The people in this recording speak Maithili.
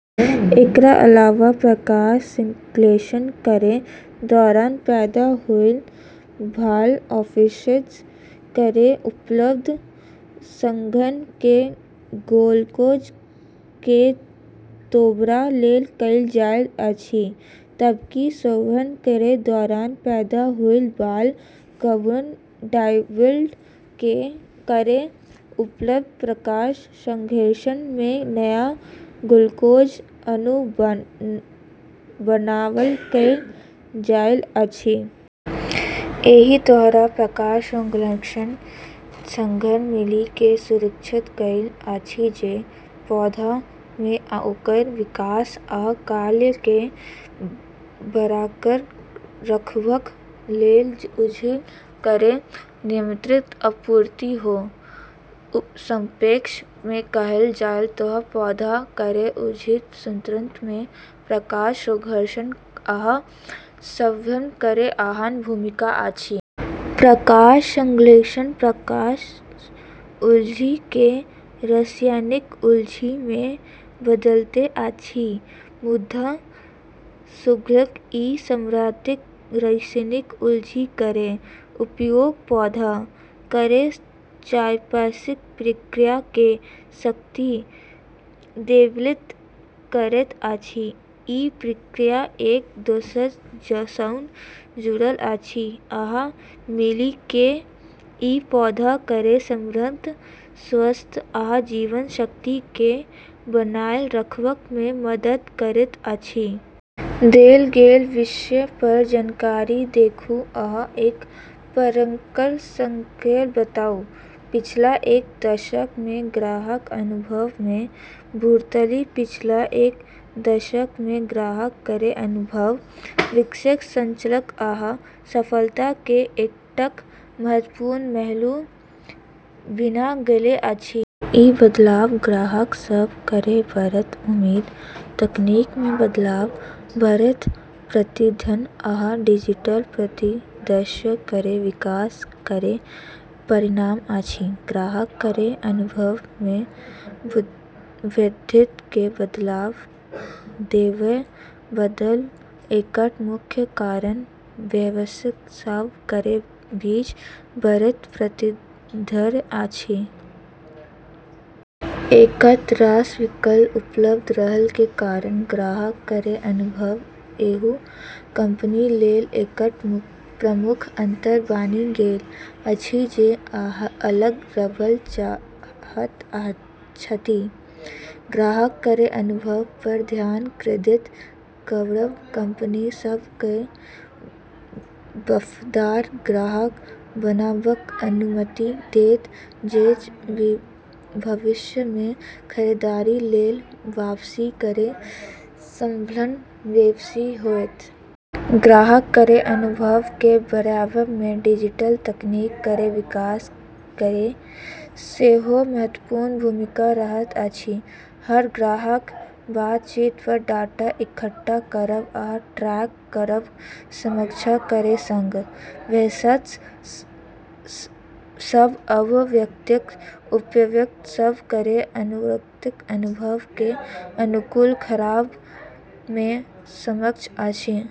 एकर अलावा प्रकाश संश्लेषण केर दौरान पैदा होय बला ऑक्सीजन केर उपयोग श्वसन मे ग्लूकोज केँ तोड़बा लेल कएल जाइत अछि, जबकि श्वसन केर दौरान पैदा होय बला कार्बन डाइऑक्साइड केर उपयोग प्रकाश संश्लेषण मे नया ग्लूकोज अणु बनाबा लेल कएल जाइत अछि। एहि तरहें प्रकाश संश्लेषण आ श्वसन मिलि कऽ ई सुनिश्चित करैत अछि जे पौधा मे ओकर विकास आ कार्य केँ बरकरार रखबाक लेल ऊर्जा केर निरंतर आपूर्ति हो। संक्षेप मे कहल जाय तँ पौधा केर ऊर्जा संतुलन मे प्रकाश संश्लेषण आ श्वसन केर अहम भूमिका अछि। प्रकाश संश्लेषण प्रकाश ऊर्जा केँ रासायनिक ऊर्जा मे बदलैत अछि, मुदा श्वसन ई संग्रहीत रासायनिक ऊर्जा केर उपयोग पौधा केर चयापचय प्रक्रिया केँ शक्ति देबाय लेल करैत अछि। ई प्रक्रिया एक दोसरा सँ जुड़ल अछि, आ मिलि कऽ ई पौधा केर समग्र स्वास्थ्य आ जीवन शक्ति केँ बनाय रखबा मे मदद करैत अछि। देल गेल विषय पर जानकारी देखू आ एक पन्नाक सारांश बनाऊ। पिछला एक दशक मे ग्राहकक अनुभव मे बढ़ोतरी पिछला एक दशक मे ग्राहक केर अनुभव व्यवसाय संचालन आ सफलता केर एकटा महत्वपूर्ण पहलू बनि गेल अछि। ई बदलाव ग्राहक सभ केर बढ़ैत उम्मीद, तकनीक मे बदलाव, बढ़ैत प्रतिस्पर्धा, आ डिजिटल परिदृश्य केर विकास केर परिणाम अछि। ग्राहक केर अनुभव मे वृद्धि केँ बढ़ावा देबय बला एकटा मुख्य कारक व्यवसाय सभ केर बीच बढ़ैत प्रतिस्पर्धा अछि। एतेक रास विकल्प उपलब्ध रहला के कारण ग्राहक केर अनुभव ओहि कंपनी लेल एकटा प्रमुख अंतर बनि गेल अछि जे अलग रहब चाहैत छथि। ग्राहक केर अनुभव पर ध्यान केंद्रित करब कंपनी सभ केँ वफादार ग्राहक बनाबाक अनुमति देत जे भविष्य मे खरीदारी लेल वापसी केर संभावना बेसी होयत। ग्राहक केर अनुभव केँ बढ़ाबय मे डिजिटल तकनीक केर विकास केर सेहो महत्वपूर्ण भूमिका रहल अछि। हर ग्राहक बातचीत पर डाटा इकट्ठा करब आ ट्रैक करबाक क्षमता केर संग, व्यवसाय सभ आब व्यक्तिगत उपभोक्ता सभ केर अनुरूप अनुभव केँ अनुकूल करबा मे सक्षम अछि।